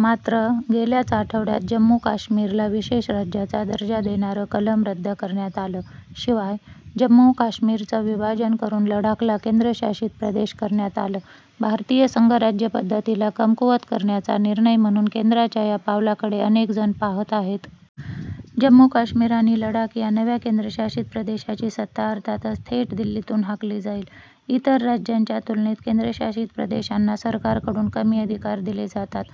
मात्र, गेल्याच आठवड्यात जम्मू-काश्मीरला विशेष राज्याचा दर्जा देणारं कलम रद्द करण्यात आलं. शिवाय, जम्मू-काश्मीरचं विभाजन करून लडाखला केंद्रशासित प्रदेश करण्यात आलं. भारतीय संघराज्य पद्धतीला कमकुवत करण्याचा निर्णय म्हणून केंद्राच्या या पावलाकडे अनेकजण पाहत आहेत. जम्मू-काश्मीर आणि लडाख या नव्या केंद्रशासित प्रदेशाची सत्ता अर्थातच थेट दिल्लीतून हाकली जाईल. इतर राज्यांच्या तुलनेत केंद्रशासित प्रदेशांना सरकारकडून कमी अधिकार दिले जातात.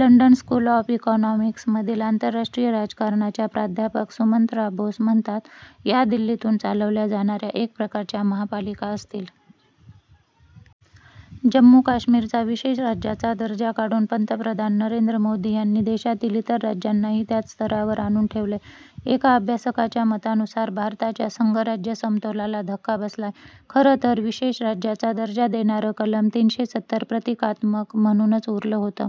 लंडन स्कूल ऑफ इकॉनॉमिक्समधील आंतरराष्ट्रीय राजकारणाच्या प्राध्यापक सुमंत्रा बोस म्हणतात, या दिल्लीतून चालवल्या जाणाऱ्या एक प्रकारच्या महापालिका असतील. जम्मू-काश्मीरचा विशेष राज्याचा दर्जा काढून पंतप्रधान नरेंद्र मोदी यांनी देशातील इतर राज्यांनाही त्याच स्तरावर आणून ठेवलंय. एका अभ्यासकाच्या मतानुसार भारताच्या संघराज्य समतोलाला धक्का बसलाय. खरंतर विशेष राज्याचा दर्जा देणारं कलम तीनशे सतर प्रतिकात्मक म्हणूनच उरलं होतं.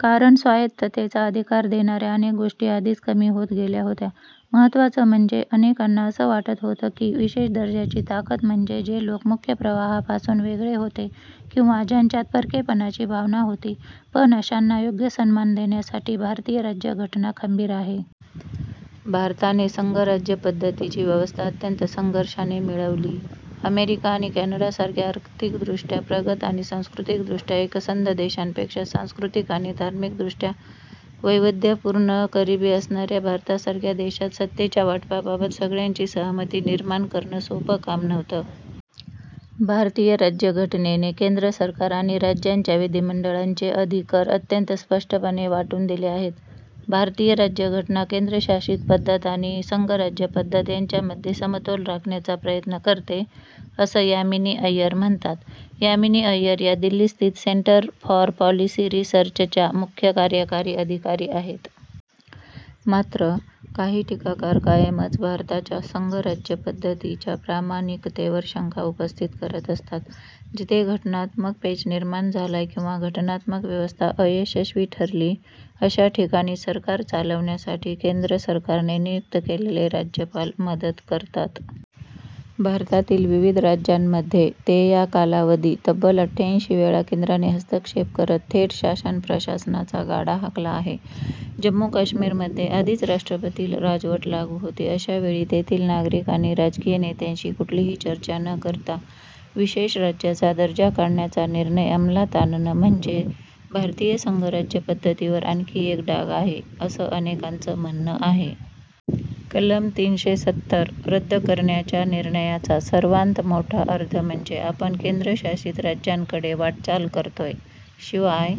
कारण स्वायत्ततेचा अधिकार देणाऱ्या अनेक गोष्टी आधीच कमी होत गेल्या होत्या. महत्त्वाचं म्हणजे अनेकांना असं वाटत होतं की विशेष दर्जाची ताकद म्हणजे जे लोक मुख्य प्रवाहापासून वेगळे होते किंवा ज्यांच्यात परकेपणाची भावना होती, पण अशांना योग्य सन्मान देण्यासाठी भारतीय राज्यघटना खंबीर आहे. भारताने संघराज्य पद्धतीची व्यवस्था अत्यंत संघर्षाने मिळवलीय. अमेरिका आणि कॅनडासारख्या आर्थिकदृष्ट्या प्रगत आणि सांस्कृतिकदृष्ट्या एकसंध देशांपेक्षा सांस्कृतिक आणि धार्मिकदृष्ट्या वैविध्यपूर्ण गरिबी असणाऱ्या भारतासारख्या देशात सत्तेच्या वाटपाबाबत सगळ्यांची सहमती निर्माण करणं सोपं काम नव्हतं. भारतीय राज्यघटनेने केंद्र सरकार आणि राज्यांच्या विधिमंडळांचे अधिकर अत्यंत स्पष्टपणे वाटून दिले आहेत. भारतीय राज्यघटना केंद्रशासित पद्धत आणि संघराज्य पद्धत यांच्यामध्ये समतोल राखण्याचा प्रयत्न करते, असं यामिनी अय्यर म्हणतात. यामिनी अय्यर या दिल्लीस्थित सेंटर फॉर पॉलिसी रिसर्चच्या मुख्य कार्यकारी अधिकारी आहेत. मात्र, काही टीकाकार कायमच भारताच्या संघराज्य पद्धतीच्या प्रामाणिकतेवर शंका उपस्थित करत असतात. जिथे घटनात्मक पेच निर्माण झालाय किंवा घटनात्मक व्यवस्था अयशस्वी ठरलीय, अशा ठिकाणी सरकार चालवण्यासाठी केंद्र सरकारने नियुक्त केलेले राज्यपाल मदत करतात. भारतातील विविध राज्यांमध्ये ते या कालावधी तब्बल अठ्ठ्याऐंशी वेळा केंद्राने हस्तक्षेप करत थेट शासन-प्रशासनाचा गाडा हाकला आहे. जम्मू-काश्मीरमध्ये आधीच राष्ट्रपती राजवट लागू होती. अशावेळी तेथील नागरिक आणि राजकीय नेत्यांशी कुठलीही चर्चा न करता विशेष राज्याचा दर्जा काढण्याचा निर्णय अंमलात आणणं म्हणजे भारतीय संघराज्य पद्धतीवर आणखी एक डाग आहे, असं अनेकांचं म्हणणं आहे. कलम तीनशे सत्तर रद्द करण्याच्या निर्णयाचा सर्वांत मोठा अर्थ म्हणजे आपण केंद्रशासित राज्यांकडे वाटचाल करतोय. शिवाय